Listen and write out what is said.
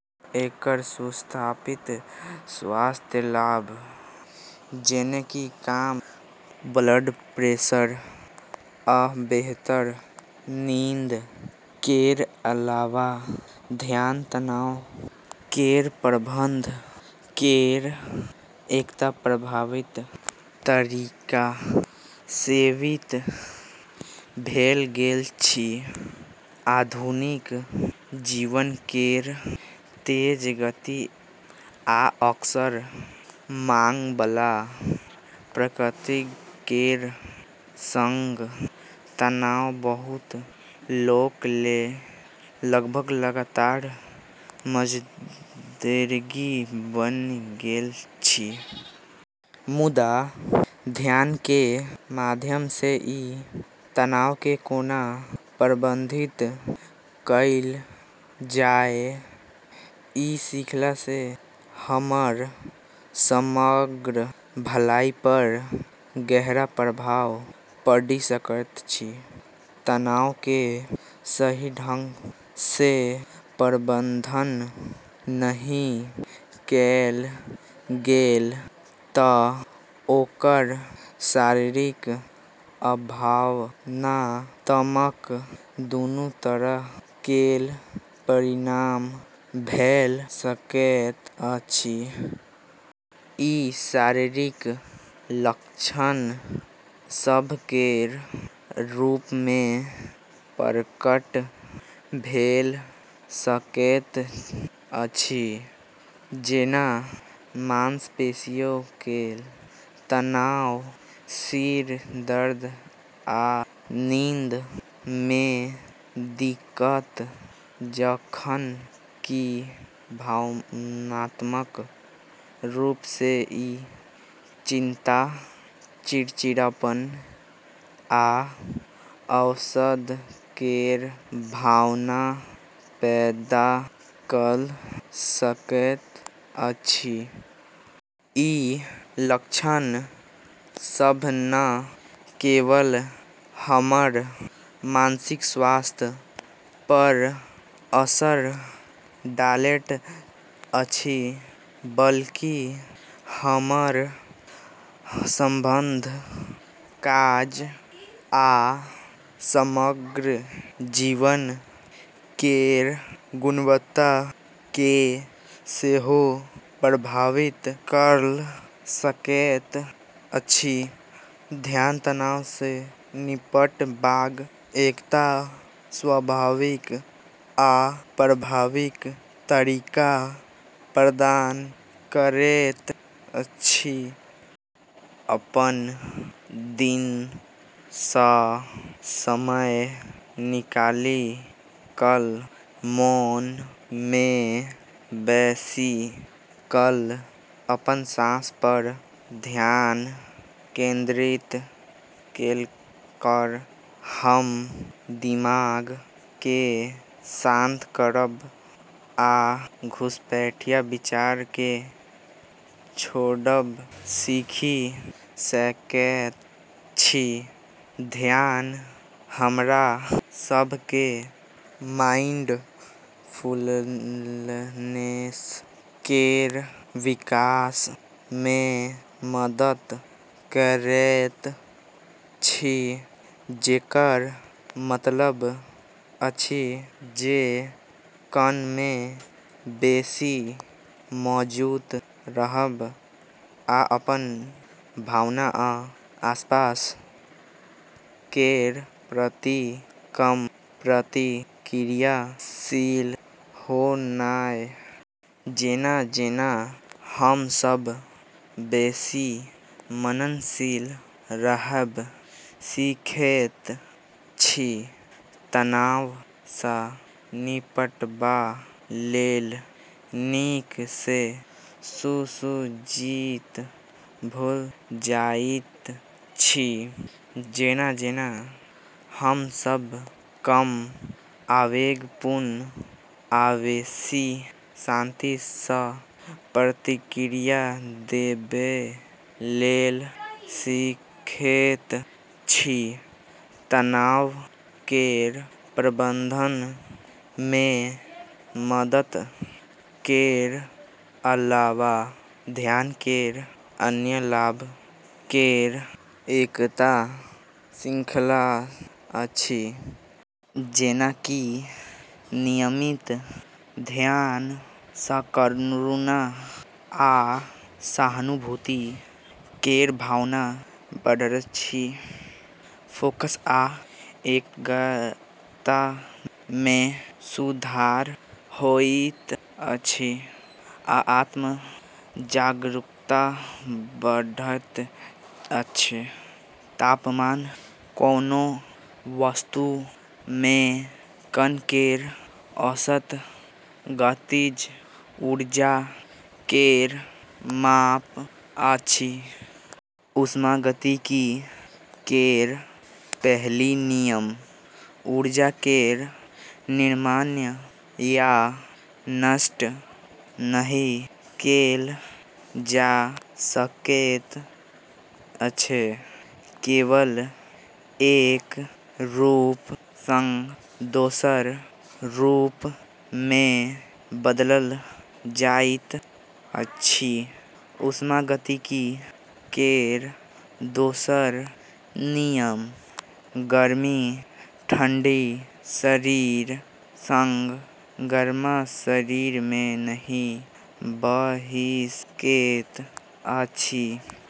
एकर सुस्थापित स्वास्थ्य लाभ, जेना कि कम ब्लड प्रेशर आ बेहतर नींद केर अलावा, ध्यान तनाव केर प्रबंधन केर एकटा प्रभावी तरीका साबित भऽ गेल अछि। आधुनिक जीवन केर तेज गति आ अक्सर मांग बला प्रकृति केर संग तनाव बहुत लोक लेल लगभग लगातार मौजूदगी बनि गेल अछि। मुदा, ध्यान केर माध्यम सँ ई तनाव केँ कोना प्रबंधित कएल जाय, ई सीखला सँ हमर समग्र भलाई पर गहरा प्रभाव पड़ि सकैत अछि। तनाव केँ सही ढंग सँ प्रबंधन नहि कएल गेल तँ ओकर शारीरिक आ भावनात्मक दुनू तरह केर परिणाम भऽ सकैत अछि। ई शारीरिक लक्षण सभ केर रूप मे प्रकट भऽ सकैत अछि जेना मांसपेशियों केर तनाव, सिर दर्द, आ नींद मे दिक्कत, जखन कि भावनात्मक रूप सँ ई चिंता, चिड़चिड़ापन आ अवसाद केर भावना पैदा कऽ सकैत अछि। ई लक्षण सभ न केवल हमर मानसिक स्वास्थ्य पर असर डालैत अछि बल्कि हमर संबंध, काज आ समग्र जीवन केर गुणवत्ता केँ सेहो प्रभावित कऽ सकैत अछि। ध्यान तनाव सँ निपटबाक एकटा स्वाभाविक आ प्रभावी तरीका प्रदान करैत अछि। अपन दिन सँ समय निकालि कऽ मौन मे बैसि कऽ अपन साँस पर ध्यान केंद्रित कऽ कऽ हम दिमाग केँ शांत करब आ घुसपैठिया विचार केँ छोड़ब सीखि सकैत छी। ध्यान हमरा सभ केँ माइंडफुलनेस केर विकास मे मदद करैत अछि, जेकर मतलब अछि जे क्षण मे बेसी मौजूद रहब आ अपन भावना आ आसपास केर प्रति कम प्रतिक्रियाशील होनाय। जेना-जेना हम सभ बेसी मननशील रहब सीखैत छी, तनाव सँ निपटबा लेल नीक सँ सुसज्जित भऽ जाइत छी, जेना-जेना हम सभ कम आवेगपूर्ण आ बेसी शांति सँ प्रतिक्रिया देबय लेल सीखैत छी। तनाव केर प्रबंधन मे मदद केर अलावा, ध्यान केर अन्य लाभ केर एकटा श्रृंखला अछि। जेना कि नियमित ध्यान सँ करुणा आ सहानुभूति केर भावना बढ़ैत अछि, फोकस आ एकाग्रता मे सुधार होइत अछि, आ आत्म-जागरूकता बढ़ैत अछि। तापमान कोनो वस्तु मे कण केर औसत गतिज ऊर्जा केर माप अछि। ऊष्मागतिकी केर पहिल नियम: ऊर्जा केर निर्माण या नष्ट नहि कएल जा सकैत अछि, केवल एक रूप सँ दोसर रूप मे बदलल जाइत अछि। ऊष्मागतिकी केर दोसर नियम: गर्मी ठंडा शरीर सँ गरम शरीर मे नहि बहि सकैत अछि।